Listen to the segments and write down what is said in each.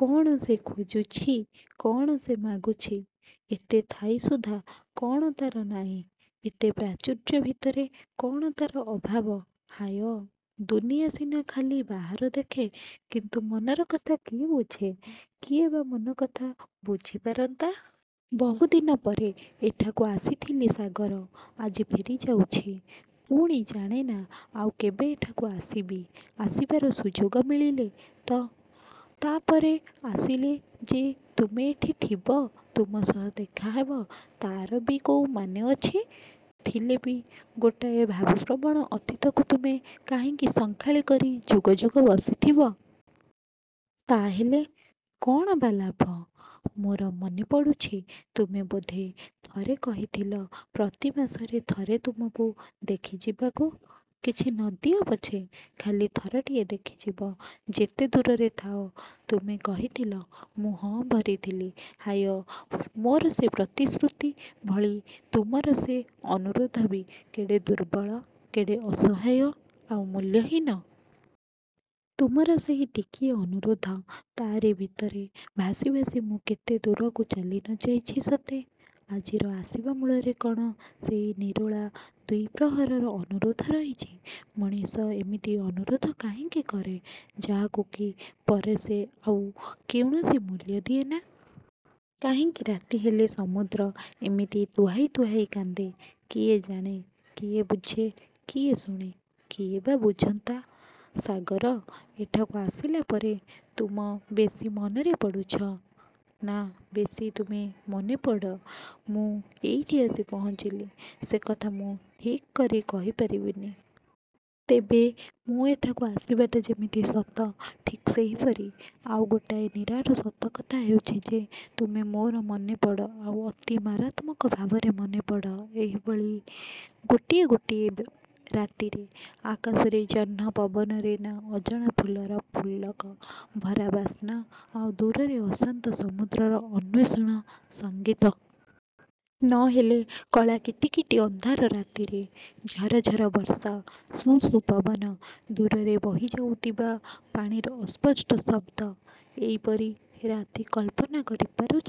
କ'ଣ ସେ ଖୋଜୁଛି-କ'ଣ ସେ ମାଗୁଛି? ଏତେ ଥାଇ ସୁଦ୍ଧା କ'ଣ ତା'ର ନାଇଁ; ଏତେ ପ୍ରାଚୁର୍ଯ୍ୟ ଭିତରେ କ'ଣ ତା'ର ଅଭାବ। ହାୟ! ଦୁନିଆ ସିନା ଖାଲି ବାହାର ଦେଖେ; କିନ୍ତୁ ମନର କଥା କିଏ ବୁଝେ? କିଏ ବା ମନ କଥା ବୁଝି ପାରନ୍ତା? ବହୁ ଦିନ ପରେ ଏଠାକୁ ଆସିଥିଲି ସାଗର; ଆଜି ଫେରି ଯାଉଛି। ପୁଣି ଜାଣେନା ଆଉ କେବେ ଏଠାକୁ ଆସିବି; ଆସିବାର ସୁଯୋଗ ମିଳିଲେ ତ? ତା'ପରେ ଆସିଲେ ଯେ ତୁମେ ଏଠିଥିବ; ତୁମ ସହ ଦେଖାହେବ ତା'ର ବି କୋଉମାନେ ଅଛି। ଥିଲେ ବି; ଗୋଟାଏ ଭାବପ୍ରବଣ ଅତୀତକୁ ତୁମେ କାହିଁକି ସଙ୍ଖାଳୀ କରି ଯୁଗ ଯୁଗ ବସିଥିବ? ତା'ହେଲେ। କ'ଣ ବା ଲାଭ? ମୋର ମନେ ପଡ଼ୁଛି ତୁମେ ବୋଧେ ଥରେ କହିଥିଲ ପ୍ରତି ମାସରେ ଥରେ ତୁମକୁ ଦେଖି ଯିବାକୁ। ''କିଛି ନ ଦିଅ ପଛେ'' ଖାଲି ଥରଟିଏ ଦେଖିଯିବ-ଯେତେ ଦୂରରେ ଥାଅ। ତୁମେ କହିଥିଲ, ମୁଁ ହଁ ଭରିଥିଲି। ହାୟ; ମୋର ସେ ପ୍ରତିଶ୍ରୁତି ଭଳି ତୁମର ସେ ଅନୁରୋଧ ବି କେଡ଼େ ଦୁର୍ବଳ, କେଡ଼େ ଅସହାୟ ଆଉ ମୂଲ୍ୟହୀନ। ତୁମର ସେଇ ଟିକିଏ ଅନୁରୋଧ; ତା'ରି ଭିତରେ ଭାସି ଭାସି ମୁଁ କେତେ ଦୂରକୁ ଚାଲି ନ ଯାଇଛି ସତେ! ଆଜିର ଆସିବା ମୂଳରେ କ'ଣ ସେଇ ନିରୋଳା ଦ୍ୱିପ୍ରହରର ଅନୁରୋଧ ରହିଛି। ମଣିଷ ଏମିତି ଅନୁରୋଧ କାହିଁକି କରେ; ଯାହାକୁ କି ପରେ ସେ ଆଉ କୌଣସି ମୂଲ୍ୟ ଦିଏନା। କାହିଁକି ରାତି ହେଲେ ସମୁଦ୍ର ଏମିତି ତୁହାଇ ତୁହାଇ କାନ୍ଦେ। କିଏ ଜାଣେ, କିଏ ବୁଝେ, କିଏ ଶୁଣେ? କିଏ ବା ବୁଝନ୍ତା? ସାଗର! ଏଠାକୁ ଆସିଲା ପରେ ତୁମ ବେଶୀ ମନରେ ପଡ଼ୁଛ ନା ବେଶୀ ତୁମେ ମନେପଡ଼ ମୁଁ ଏଇଠି ଆସି ପହଞ୍ଚିଲି, ସେ କଥା ମୁଁ ଠିକ୍ କରି କହି ପାରିବିନି। ତେବେ ମୁଁ ଏଠାକୁ ଆସିବାଟା ଯେମିତି ସତ; ଠିକ୍ ସେହିପରି ଆଉ ଗୋଟାଏ ନିରାଟ ସତ କଥା ହେଉଛି ଯେ ''ତୁମେ ମୋର ମନେ ପଡ଼। '' ଆଉ ଅତି ମାରାତ୍ମକ ଭାବରେ ମନେ ପଡ଼, ଏଇଭଳି ଗୋଟିଏ ଗୋଟିଏ ରାତିରେ। ଆକାଶରେ ଜହ୍ନ-ପବନରେ ନାଁ ଅଜଣା ଫୁଲର ପୁଲକ-ଭରା ବାସ୍ନା-ଆଉ ଦୂରରେ ଅଶାନ୍ତ ସମୁଦ୍ରର ଅନ୍ୱେଷଣ-ସଙ୍ଗୀତ। ନହେଲେ କଳା କିଟିକିଟି ଅନ୍ଧାର ରାତିରେ-ଝରଝର ବର୍ଷା-ସୁ ସୁ ପବନ-ଦୂରରେ ବହି ଯାଉଥିବା ପାଣିର ଅସ୍ପଷ୍ଟ ଶବ୍ଦ। ଏଇପରି ରାତି-କଳ୍ପନା କରି ପାରୁଛ?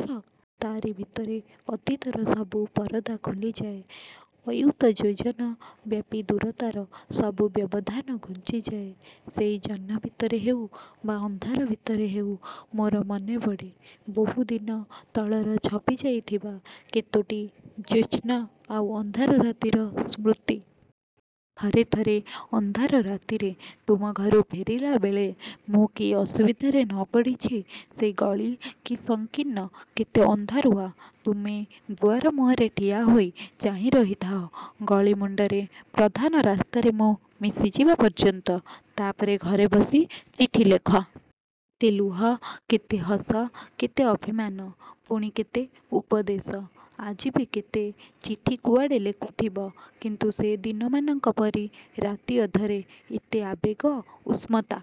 ତା'ରି ଭିତରେ ଅତୀତର ସବୁ ପରଦା ଖୋଲିଯାଏ-ଅୟୂତ ଯୋଜନ ବ୍ୟାପୀ ଦୂରତାର ସବୁ ବ୍ୟବଧାନ ଘୁଞ୍ଚିଯାଏ-ସେଇ ଜହ୍ନ ଭିତରେ ହେଉ ବା ଅନ୍ଧାର ଭିତରେ ହେଉ; ମୋର ମନେପଡ଼େ; ବହୁ ଦିନ ତଳର ଛପି ଯାଇଥିବା କେତୋଟି ଜ୍ୟୋସ୍ନା ଆଉ ଅନ୍ଧାର ରାତିର ସ୍ମୃତି। ଥରେ ଥରେ ଅନ୍ଧାର ରାତିରେ ତୁମ ଘରୁ ଫେରିଲାବେଳେ ମୁଁ କି ଅସୁବିଧାରେ ନ ପଡ଼ିଛି। ସେଇ ଗଳି କି ସଂକୀର୍ଣ୍ଣ, କେତେ ଅନ୍ଧାରୁଆ। ତୁମେ ଦୁଆର ମୁହଁରେ ଠିଆହୋଇ ଚାହିଁ ରହିଥାଅ; ଗଳି ମୁଣ୍ଡରେ ପ୍ରଧାନ ରାସ୍ତାରେ ମୁଁ ମିଶିଯିବା ପର୍ଯ୍ୟନ୍ତ। ତା'ପରେ ଘରେ ବସି ଚିଠି ଲେଖ। କେତେ ଲୁହ, କେତେ ହସ, କେତେ ଅଭିମାନ ପୁଣି କେତେ ଉପଦେଶ! ଆଜି ବି କେତେ ଚିଠି କୁଆଡ଼େ ଲେଖୁଥିବ କିନ୍ତୁ ସେ ଦିନମାନଙ୍କ ପରି ରାତି ଅଧରେ; ଏତେ ଆବେଗ, ଉଷ୍ମତା